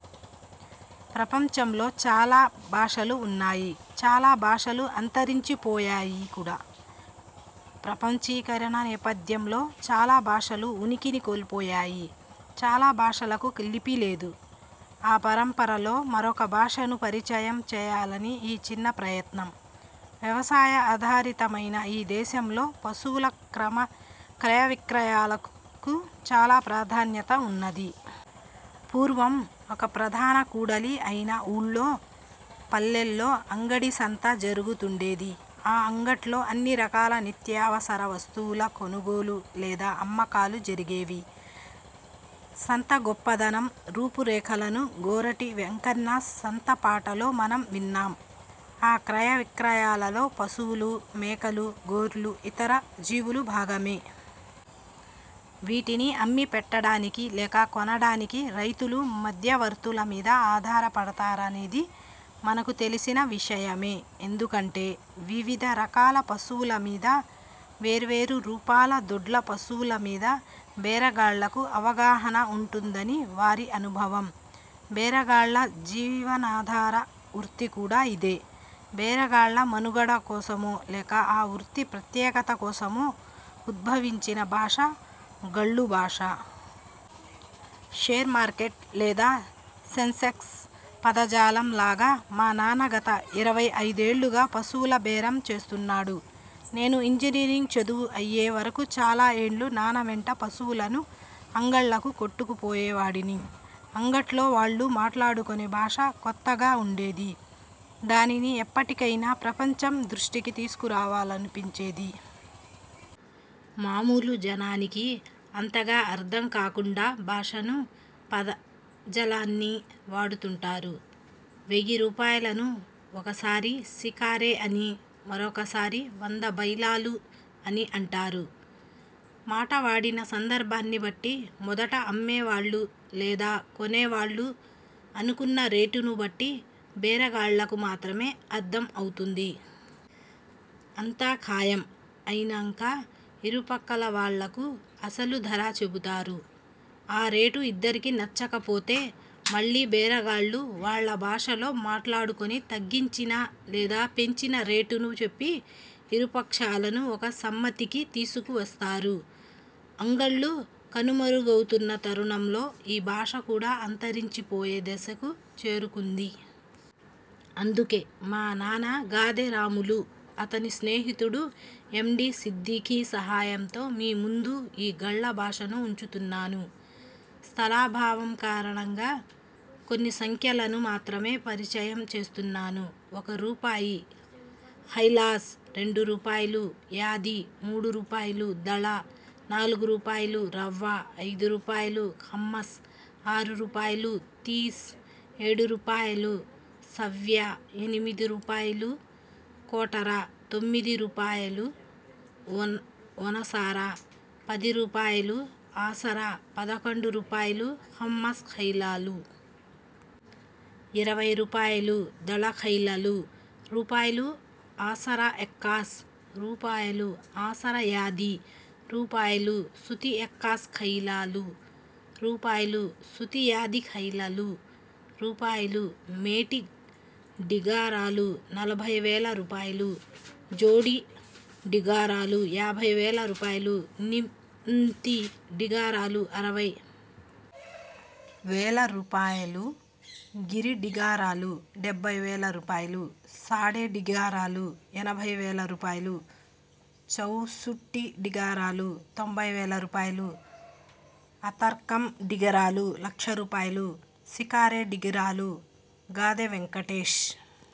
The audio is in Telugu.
ప్రపంచంలో చాలా భాషలు ఉన్నాయి. చాలా భాషలు అంతరించి పోయాయి కూడా. ప్రపంచీకరణ నేపథ్యంలో చాలా భాషలు ఉనికిని కోల్పోయాయి. చాలా భాషలకు లిపి లేదు. ఆ పరంపరలో మరొక భాషను పరిచయం చేయాలని ఈ చిన్న ప్రయత్నం. వ్యవసాయ ఆధారితమైన ఈ దేశంలో పశువుల క్రమ క్రయ విక్రయాలకు చాలా ప్రాధాన్యత ఉన్నది. పూర్వం ఒక ప్రధాన కూడలి అయిన ఊర్లో, పల్లెల్లో అంగడి సంత జరుగుతుండేది. ఆ అంగట్లో అన్ని రకాల నిత్యావసర వస్తువుల కొనుగోలు లేదా అమ్మకాలు జరిగేవి. సంత గొప్పదనం, రూపు రేఖలను గోరటి వెంకన్న సంత పాటలో మనం విన్నాం. ఆ క్రయ విక్రయాలలో పశువులు, మేకలు, గొర్లు, ఇతర జీవులు భాగమే. వీటిని అమ్మి పెట్టడానికి లేదా కొనడానికి రైతులు మధ్యవర్తుల మీద ఆధారపడతారనేది మనకు తెలిసిన విషయమే. ఎందుకంటే, వివిధ రకాల పశువులమీద, వేర్వేరు ప్రాంతాల దొడ్ల పశువులమీద బేరగాళ్ళకు అవగాహన ఉంటుందని వారి అనుభవం. బేరగాళ్ళ జీవనాధార వృత్తి కూడా ఇదే. బేరగాళ్ళ మనుగడ కోసమో, లేదా ఆ వృత్తి ప్రత్యేకత కోసమో ఉద్భవించిన భాష 'గళ్లు భాష'. షేర్మార్కెట్ లేదా సెన్సెక్స్ పదజాలం లాగా. మా నాన్న గత ఇరవై ఐదు ఏండ్లుగా పశువుల బేరం చేస్తున్నాడు. నేను ఇంజనీరింగ్ చదువు అయ్యే వరకు చాలా ఏండ్లు నాన్నవెంట పశువులను అంగళ్ళకు కొట్టుకు పోయేవాడిని. అంగట్లో వాళ్ళు మాట్లాడుకొనే భాష కొత్తగా ఉండేది. దానిని ఎప్పటికైనా ప్రపంచం దృష్టికి తీసుకురావాలనిపించేది. మామూలు జనానికి అంతగా అర్థంకాకుండా భాషను, పదజాలాన్నీ వాడుతుంటారు. వెయ్యి రూపాయలను ఒకసారి 'శికారే' అనీ, మరొకసారి 'వంద బైలాలు' అనీ అంటారు. మాట వాడిన సందర్భాన్ని బట్టి మొదట అమ్మేవాళ్ళు లేదా కొనేవాళ్ళు అనుకున్న రేటును బట్టి బేర గాళ్లకు మాత్రమే అర్థం అవుతుంది. అంతా ఖాయం అయినంక ఇరుపక్కల వాళ్ళకు అసలు ధర చెబుతారు. ఆ రేటు ఇద్దరికీ నచ్చక పోతే మళ్ళీ బేరగాళ్ళు వాళ్ళ భాషలో మాట్లాడుకొని తగ్గించిన లేదా పెంచిన రేటును చెప్పి ఇరుపక్షాలనూ ఒక సమ్మతికి తీసుకు వస్తారు. అంగళ్లు కనుమరుగవుతున్న తరుణంలో ఈ భాష కూడా అంతరించిపోయే దశకు చేరుకుంది. అందుకే, మా నాన్న గాదె రాములు, అతని స్నేహితుడు ఎండీ సిద్దిఖీ సహాయంతో మీ ముందు ఈ గళ్ళ భాషను ఉంచుతున్నాను. స్థలాభావం కారణంగా కొన్ని సంఖ్యలను మాత్రమే పరిచయం చేస్తున్నాను. ఒక రూపాయి ,హైలాస్, రెండు రూపాయలు ,యాది, మూడురూపాయలు, దళ, నాలుగు రూపాయలు ,రవ్వ, ఐదు రూపాయలు ,ఖమ్మస్, ఆరు రూపాయలు ,తీస్, ఏడురూపాయలు ,సవ్య, ఎనిమిది రూపాయలు ,కోటర, తొమ్మిది రూపాయలు ,ఒనసార, పది రూపాయలు ,ఆసరా పదకొండు రూపాయలు, ఖమ్మస్ ఖైలలు. ఇరవై రూపాయలు, దళ ఖైలలు, రూపాయలు ఆసర ఎక్కాస్, రూపాయలు ,ఆసర యాది, రూపాయలు ,సుతి ఎక్కాస్ ఖైలలు, రూపాయలు, సుతి యాది ఖైలలు, రూపాయలు ,మేటి డిగారాలు, నలభై వేల రూపాయలు, జోడి డిగారాలు, యాభై వేల రూపాయలు, నిమ్తి డిగారాలు, అరవై వేల రూపాయలు ,గిరి డిగారాలు, డెబ్బై వేల రూపాయలు ,సాడె డిగారాలు, ఎనభై వేల రూపాయలు ,చౌసుట్టి డిగారాలు, తొంభై వేల రూపాయలు ,ఆతర్కమ్ డిగారాలు, లక్ష రూపాయలు, శికారె డిగారాలు, గాదె వెంకటేశ్